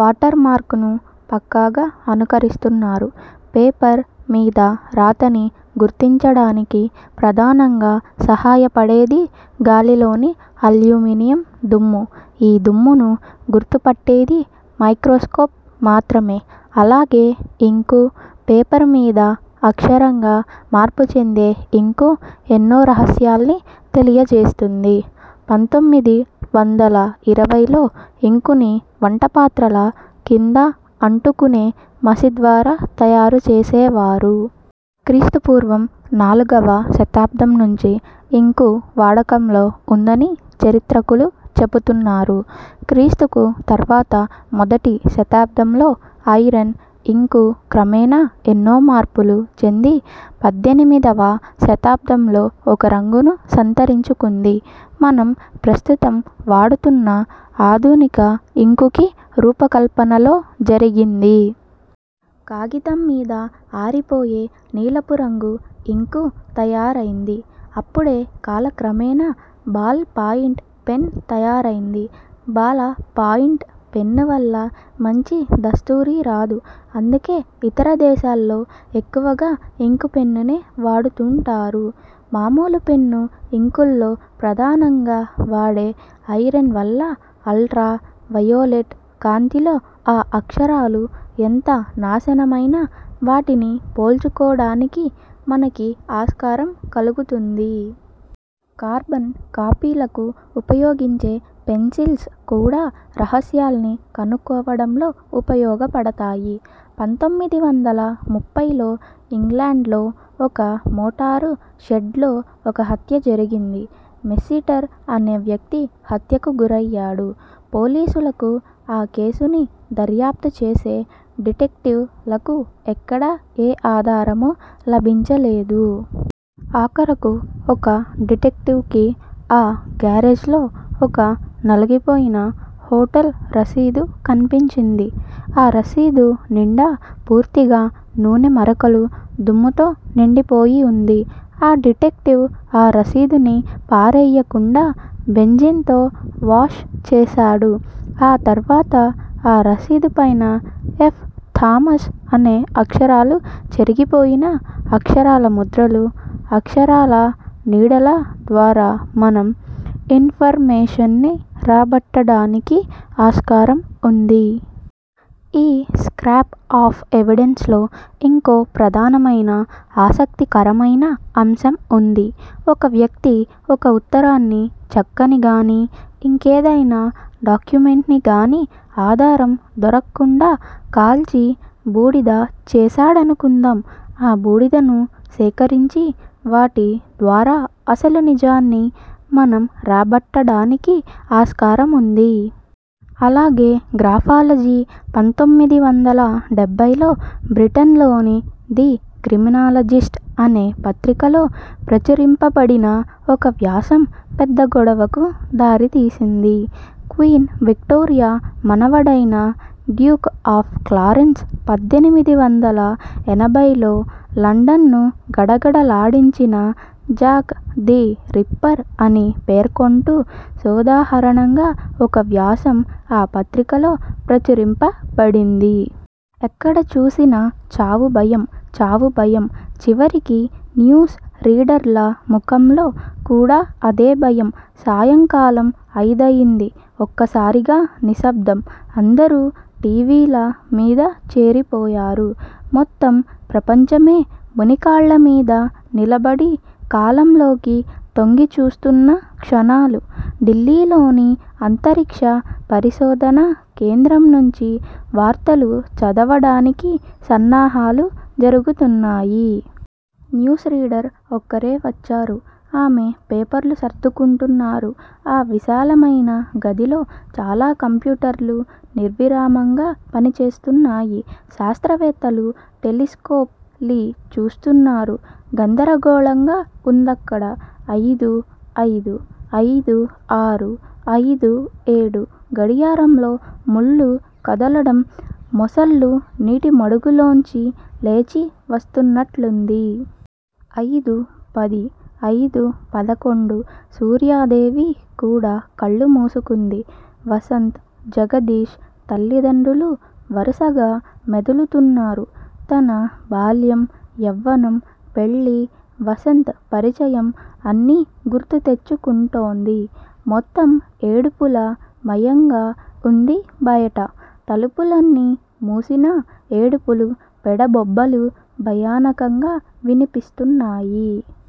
Water mark ను పక్కాగా అనుకరిస్తున్నారు. పేపర్ మీద రాతని గుర్తించడానికి ప్రధానంగా సహాయపడేది గాలిలోని అల్యూమినియం దుమ్ము. ఈ దుమ్మును గుర్తుపట్టేది మైక్రోస్కోప్ మాత్రమే అలాగే ఇంకు- పేపరు మీద అక్షరంగా మార్పుచెందే ఇంకు ఎన్నో రహస్యాల్ని తెలియజేస్తుంది. పంతోమిది వందలఇరవై లో ఇంకుని వంటపాత్రల కింద అంటుకునే మసిద్వారా తయారుచేసేవారు. క్రీస్తు పూర్వం నాలుగవ శతాబ్దం నుంచి ఇంకు వాడకంలో ఉందని చారిత్రకులు చెపుతున్నారు. క్రీస్తుకు తర్వాత మొదటి శతాబ్దంలో ఐరన్ ఇంకు క్రమేణా ఎన్నో మార్పులు చెంది పద్దెనిమిది వ శతాబ్దంలో ఒక రంగును సంతరించుకుంది. మనం ప్రస్తుతం వాడుతున్న ఆధునిక ఇంకుకి రూపకల్పన లో జరిగింది. కాగితమ్మీద ఆరిపోయే నీలపురంగు ఇంకు తయారైంది అప్పుడే కాలక్రమేణా బాల్ పాయింట్ పెన్ తయారైంది. బాల పాయింట్ పెన్ వల్ల మంచి దస్తూరి రాదు- అందుకే ఇతర దేశాల్లో ఎక్కువగా ఇంకు పెన్నునే వాడుతుంటారు. మామూలు పెన్ను ఇంకుల్లో ప్రధానంగా వాడే ఐరన్ వల్ల, అల్ట్రా వయోలెట్ కాంతిలో ఆ అక్షరాలు, ఎంత నాశనమైనా వాటిని పోల్చుకోడానికి మనకి ఆస్కారం కలుగుతుంది. కార్బన్ కాపీలకు ఉపయోగించే పెన్సిల్స్ కూడా రహస్యాల్ని కనుక్కోవడంలో ఉపయోగపడతాయి. పంతోమిది వందల ముప్పై లో ఇంగ్లాండ్ లో ఒక మోటారు షెడ్ లో ఒక హత్య జరిగింది. మెస్సిటర్ అనే వ్యక్తి హత్యకు గురయ్యాడు. పోలీసులకు ఆ కేసుని దర్యాప్తు చేసే డిటెక్టివ్ లకు ఎక్కడా ఏ ఆధారమూ లభించలేదు. ఆఖరకు, ఒక డిటెక్టివ్ కి ఆ గేరేజ్ లో ఒక నలిగిపోయిన హోటల్ రసీదు కన్పించింది. ఆ రసీదు నిండా పూర్తిగా నూనె మరకలు, దుమ్ముతో నిండిపోయి ఉంది. ఆ డిటెక్టివ్ ఆ రసీదుని పారెయ్యకుండా, బెంజిన్ తో వాష్ చేసాడు. ఆ తర్వాత ఆ రసీదు పైన ఎఫ్ థామస్ అనే అక్షరాలు చెరిగిపోయినా, అక్షరాల ముద్రలు, అక్షరాల నీడలా ద్వారా మనం ఇన్ ఫర్ మేషన్ ని రాబట్టడానికి ఆస్కారం ఉంది. ఈ స్క్రాప్ ఆఫ్ ఎవిడెన్స్ లో ఇంకో ప్రధానమైన ఆసక్తికరమయిన అంశం ఉంది. ఒక వ్యక్తి ఒక ఉత్తరాన్ని, చెక్కని గానీ, ఇంకేదయినా డాక్యుమెంట్ ని గాని ఆధారం దొరక్కుండా కాల్చి బూడిద చేసాడనుకుందాం ఆ బూడిదను సేకరించి, వాటి ద్వారా అసలు నిజాన్ని మనం రాబట్టడానికి ఆస్కారముంది. అలాగే గ్రాఫాలజీ పంతోమిది వందల డెబ్భై లో బ్రిటన్ లోని ది క్రిమినాలజిస్ట్ అనే పత్రికలో ప్రచురింపబడిన ఒక వ్యాసం, పెద్ద గొడవకు దారితీసింది. క్వీన్ విక్టోరియా మనవడైన డ్యూక్ ఆఫ్ క్లారెన్స్, పద్దెనిమిది వందల ఎనబై లో లండన్ ను గడగడ లాడించిన జాక్ ది రిప్పర్ అని పేర్కొంటూ సోదాహరణంగా ఒక వ్యాసం ఆ పత్రికలో ప్రచురింపబడింది. ఎక్కడ చూసినా చావు భయం, చావు భయం చివరికి న్యూస్ రీడర్ల ముఖంలో కూడా అదే భయం. సాయంకాలం అయిదయింది. ఒక్కసారిగా నిశ్శబ్దం. అందరూ టీవీల మీద చేరిపోయారు. మొత్తం ప్రపంచమే మునికాళ్ళమీద నిలబడి కాలంలోకి తొంగిచూస్తున్న క్షణాలు. ఢిల్లీలోని అంతరిక్ష పరిశోధనా కేంద్రం నుంచి వార్తలు చదవడానికి సన్నాహాలు జరుగుతున్నాయి. న్యూస్ రీడర్ ఒక్కరే వచ్చారు. ఆమె పేపర్లు సర్దుకుంటున్నారు. ఆ విశాలమైన గదిలో చాలా కంప్యూటర్లు నిర్విరామంగా పనిచేస్తున్నాయి. శాస్త్రవేత్తలు టెలిస్కోప్ లి చూస్తున్నారు. గందరగోళంగా వుందక్కడ. అయిదూ అయిదు అయిదూ ఆరు అయిదూ ఏడు గడియారంలో ముళ్ళు కదలడం మొసళ్ళు నీటిమడుగులోంచి లేచి వస్తున్నట్లుంది. అయిదూ పది అయిదూ పదకొండు సూర్యాదేవి కూడా కళ్ళు మూసుకుంది. వసంత్, జగదీష్, తల్లిదండ్రులూ వరుసగా మెదులుతున్నారు. తన బాల్యం, యవ్వనం, పెళ్ళి, వసంత్ పరిచయం అన్నీ గుర్తు తెచ్చుకుంటోంది. మొత్తం ఏడుపుల మయంగా వుంది బయట. తలుపులన్నీ మూసినా ఏడుపులు- పెడబొబ్బలు భయానకంగా వినిపిస్తున్నాయి.